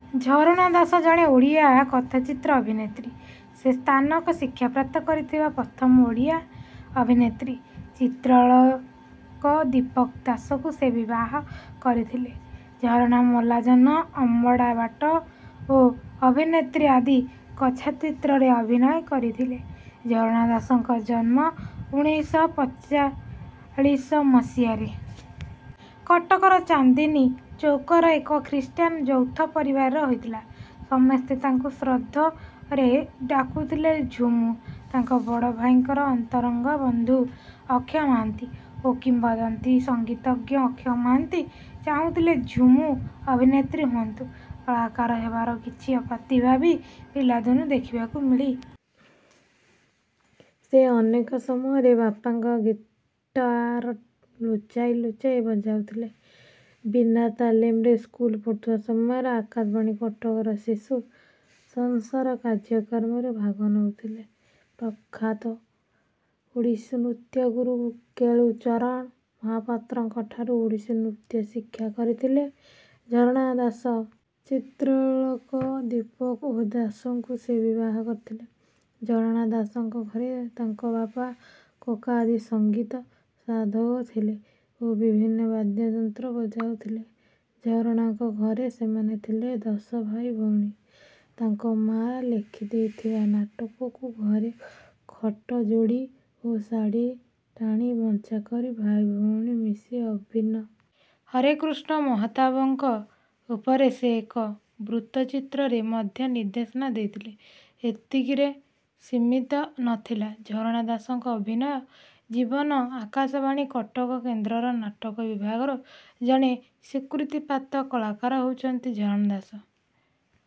ଝରଣା ଦାସ ଜଣେ ଓଡ଼ିଆ କଥାଚିତ୍ର ଅଭିନେତ୍ରୀ। ସେ ସ୍ଥାନକ ଶିକ୍ଷାପ୍ରାପ୍ତ କରିଥିବା ପ୍ରଥମ ଓଡ଼ିଆ ଅଭିନେତ୍ରୀ। ଚିତ୍ରାଳୋକ ଦୀପକ ଦାସଙ୍କୁ ସେ ବିବାହ କରିଥିଲେ। ଝରଣା ମଲାଜହ୍ନ ଅମଡ଼ା ବାଟ ଓ ଅଭିନେତ୍ରୀ ଆଦି କଥାଚିତ୍ରରେ ଅଭିନୟ କରିଥିଲେ। ଝରଣା ଦାସଙ୍କ ଜନ୍ମ ଉଣେଇଶ ଶହ ପଚାଳିଶ ମସିହ। ରେ କଟକର ଚାନ୍ଦିନି ଚୌକର ଏକ ଖ୍ରୀଷ୍ଟିୟାନ ଯୌଥ ପରିବାରରେ ହୋଇଥିଲା ।ସମେସ୍ତ ତାଙ୍କୁ ଶ୍ରଦ୍ଧ। ରେ ଡାକୁଥିଲେ ଝୁମୁ। ତାଙ୍କ ବଡ ଭାଇଙ୍କ ଅନ୍ତରଙ୍ଗ ବନ୍ଧୁ ଅକ୍ଷୟ ମହାନ୍ତି ଓ କିମ୍ବଦନ୍ତି ସଙ୍ଗୀତଜ୍ଞ ଅକ୍ଷୟ ମହାନ୍ତି ଚାହୁଁଥିଲେ ଝୁମୁ ଅଭିନେତ୍ରୀ ହୁଅନ୍ତୁ। କଳାକାର ହେବାର କିଛି ପ୍ରତିଭା ବି ପିଲାଦିନୁ ଦେଖିବାକୁ ମିଳି। ସେ ଅନେକ ସମୟରେ ବାପାଙ୍କ ଗୀଟ। ର ଲୁଚାଇ ଲୁଚାଇ ବଜାଉଥିଲେ। ବିନା ତାଲିମରେ ସ୍କୁଲରେ ପଢୁଥିବା ସମୟରେ ଆକାଶବାଣୀ କଟକର ଶିଶୁ ସଂସାର କାର୍ଯ୍ୟକ୍ରମରେ ଭାଗ ନେଉଥିଲେ। ପ୍ରଖାତ ଓଡ଼ିଶୀ ନୃତ୍ୟଗୁରୁ କେଳୁ ଚରଣ ମହାପାତ୍ରଙ୍କ ଠାରୁ ଓଡ଼ିଶୀ ନୃତ୍ୟ ଶିକ୍ଷା କରିଥିଲେ ଝରଣା ଦାସ। ଚିତ୍ରାଳକ ଦୀପକ ଦାସଙ୍କୁ ସେ ବିବାହ କରିଥିଲେ। ଝରଣା ଦାସଙ୍କ ଘରେ ତାଙ୍କ ବାପା କକା ଆଦି ସଙ୍ଗୀତ ସାଧକ ଥିଲେ ଓ ବିଭିନ୍ନ ବାଦ୍ୟଯନ୍ତ୍ର ବଜାଉଥିଲେ। ଝରଣାଙ୍କ ଘରେ ସେମାନେ ଥିଲେ ଦଶ ଭାଇ ଭଉଣୀ। ତାଙ୍କ ମା ଲେଖିଦେଇଥିବା ନାଟକକୁ ଘରେ ଖଟ ଯୋଡ଼ି ଓ ଶାଢ଼ୀ ଟାଣି ମଞ୍ଚା କରି ଭାଇ ଭଉଣୀ ମିଶି ଅଭି। ହରେକୃଷ୍ଣ ମହତାବଙ୍କ ଉପରେ ସେ ଏକ ବୃତ୍ତଚିତ୍ରରେ ମଧ୍ୟ ନିର୍ଦ୍ଦେଶନା ଦେଇଥିଲେ। ଏତିକିରେ ସିମିତ ନଥିଲା ଝରଣା ଦାସଙ୍କ ଅଭିନୟ ଜୀବନ। ଆକାଶବାଣୀ କଟକ କେନ୍ଦ୍ରର ନାଟକ ବିଭାଗର ଜଣେ ସ୍ୱୀକୃତିପ୍ରାପ୍ତ କଳାକାର ହେଉଛନ୍ତି ଝରଣା ଦାସ।